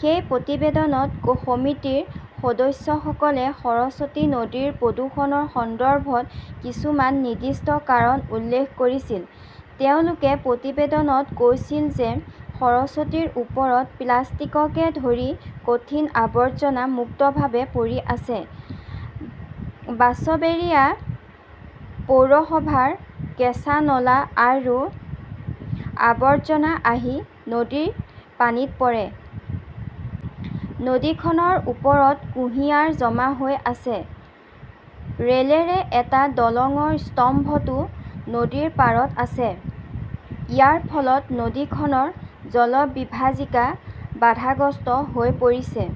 সেই প্ৰতিবেদনত সমিতিৰ সদস্যসকলে সৰস্বতী নদীৰ প্ৰদূষণৰ সন্দৰ্ভত কিছুমান নিৰ্দিষ্ট কাৰণ উল্লেখ কৰিছিল। তেওঁলোকে প্ৰতিবেদনত কৈছিল যে সৰস্বতীৰ ওপৰত প্লাষ্টিককে ধৰি কঠিন আৱৰ্জনা মুক্তভাৱে পৰি আছে। বাঁছবেৰিয়া পৌৰসভাৰ কেঁচা নলা আৰু আৱৰ্জনা আহি নদীৰ পানীত পৰে। নদীখনৰ ওপৰত কুঁহিয়াৰ জমা হৈ আছে। ৰে 'লৱেৰ এটা দলংৰ স্তম্ভটো নদীৰ পাৰত আছে। ইয়াৰ ফলত নদীখনৰ জলবিভাজিকা বাধাগ্ৰস্ত হৈ পৰিছে।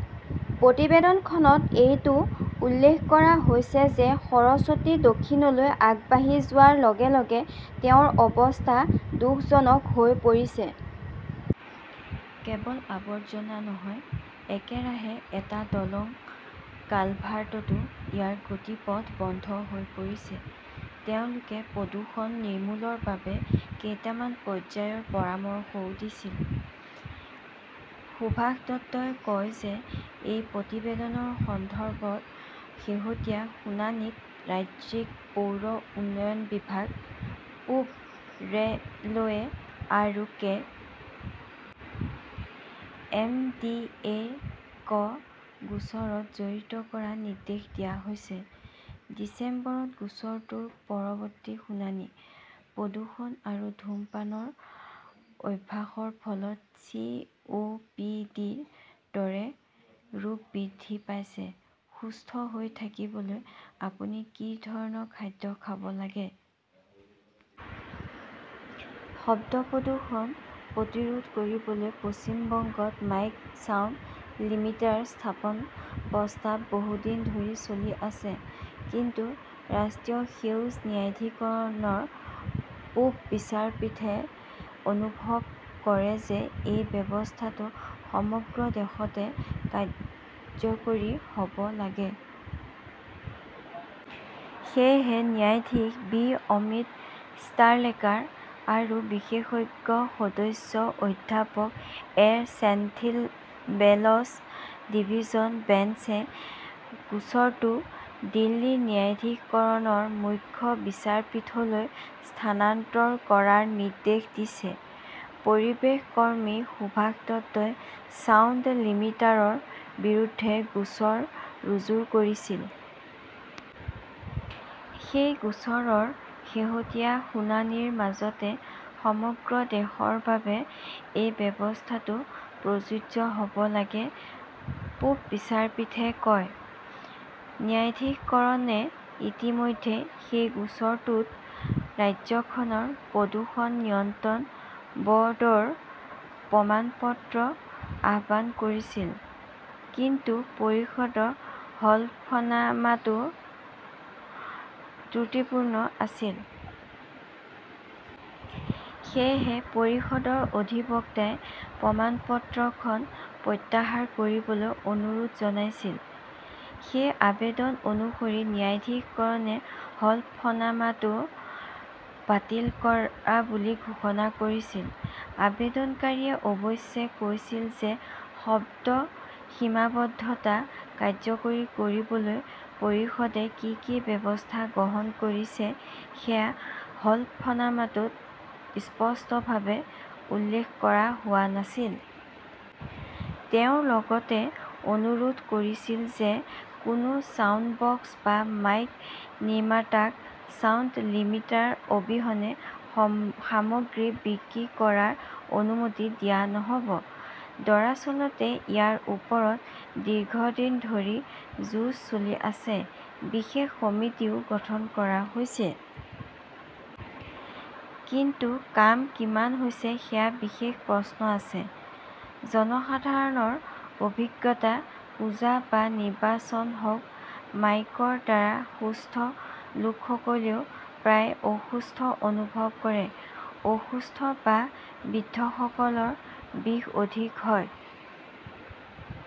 প্ৰতিবেদনখনত এইটোও উল্লেখ কৰা হৈছে যে সৰস্বতী দক্ষিণলৈ আগবাঢ়ি যোৱাৰ লগে লগে তেওঁৰ অৱস্থা দুখজনক হৈ পৰিছে। কেৱল আৱৰ্জনা নহয়, একেৰাহে এটা দলং, কালভাৰ্টতো ইয়াৰ গতিপথ বন্ধ হৈ পৰিছে। তেওঁলোকে প্ৰদূষণ নিৰ্মূলৰ বাবে কেইটামান পৰ্যায়ৰ পৰামৰ্শও দিছিল। সুভাষ দত্তই কয় যে এই প্ৰতিবেদনৰ সন্দৰ্ভত শেহতীয়া শুনানিত ৰাজ্যিক পৌৰ উন্নয়ন বিভাগ, পূব ৰে "লৱে আৰু কে. এম. ডি. এ. ক গোচৰটোত জড়িত কৰাৰ নিৰ্দেশ দিয়া হৈছে। ডিচেম্বৰত গোচৰটোৰ পৰৱৰ্তী শুনানি। প্ৰদূষণ আৰু ধূমপানৰ অভ্যাসৰ ফলত 'চি. ও. পি. ডি ". ৰ দৰে ৰোগ বৃদ্ধি পাইছে, সুস্থ হৈ থাকিবলৈ আপুনি কি ধৰণৰ খাদ্য খাব লাগে? শব্দ প্ৰদূষণ প্ৰতিৰোধ কৰিবলৈ পশ্চিম বংগত মাইক 'ছাউণ্ড লিমিটাৰ' স্থাপনৰ প্ৰস্তাৱ বহু দিন ধৰি চলি আছে। কিন্তু ৰাষ্ট্ৰীয় সেউজ ন্যায়াধিকৰণৰ পূব বিচাৰপীঠে অনুভৱ কৰে যে এই ব্যৱস্থাটো সমগ্ৰ দেশতে কাৰ্যকৰী হ 'ব লাগে। সেয়েহে ন্যায়াধীশ বি অমিত ষ্টালেকাৰ আৰু বিশেষজ্ঞ সদস্য অধ্যাপক এ ছেন্থিল বেলৰ ডিভিছন বেঞ্চে গোচৰটো দিল্লীৰ ন্যায়াধিকৰণৰ মুখ্য বিচাৰপীঠলৈ স্থানান্তৰ কৰাৰ নিৰ্দেশ দিছে। পৰিৱেশ কৰ্মী সুভাষ দত্তই ছাউণ্ড লিমিটাৰৰ বিৰুদ্ধে গোচৰ ৰুজু কৰিছিল। সেই গোচৰৰ শেহতীয়া শুনানিৰ মাজতে সমগ্ৰ দেশৰ বাবে এই ব্যৱস্থাটো প্ৰযোজ্য হ "ব লাগে, পূব বিচাৰপীঠে কয়। ন্যায়াধিকৰণে ইতিমধ্যে সেই গোচৰটোত ৰাজ্যখনৰ প্ৰদূষণ নিয়ন্ত্ৰণ ব "ৰ্ডৰ প্ৰমাণপত্ৰ আহ্বান কৰিছিল। কিন্তু পৰিষদৰ হলফনামাটো ত্ৰুটিপূৰ্ণ আছিল। সেয়েহে পৰিষদৰ অধিবক্তাই প্ৰমাণপত্ৰখন প্ৰত্যাহাৰ কৰিবলৈ অনুৰোধ জনাইছিল। সেই আবেদন অনুসৰি ন্যায়াধিকৰণে হলফনামাটো বাতিল কৰা বুলি ঘোষণা কৰিছিল। আবেদনকাৰীয়ে অৱশ্যে কৈছিল যে শব্দ সীমাবদ্ধতা কাৰ্যকৰী কৰিবলৈ পৰিষদে কি কি ব্যৱস্থা গ্ৰহণ কৰিছে সেয়া হলফনামাত স্পষ্টভাৱে উল্লেখ কৰা হোৱা নাছিল। তেওঁ লগতে অনুৰোধ কৰিছিল যে কোনো ছাউণ্ডবক্স বা মাইক নিৰ্মাতাক ছাউণ্ড লিমিটাৰ অবিহনে সামগ্ৰী বিক্ৰী কৰাৰ অনুমতি দিয়া নহ 'ব। দৰাচলতে, ইয়াৰ ওপৰত দীৰ্ঘদিন ধৰি যুঁজ চলি আছে। বিশেষ সমিতিও গঠন কৰা হৈছিল। কিন্তু কাম কিমান হৈছে সেয়া বিশেষ প্ৰশ্ন আছে। জনসাধাৰণৰ অভিজ্ঞতা, পূজা বা নিৰ্বাচন হওক, মাইকৰ দ্বাৰা সুস্থ লোকসকলেও প্ৰায় অসুস্থ অনুভৱ কৰে। অসুস্থ বা বৃদ্ধসকলৰ বিষ অধিক হয়।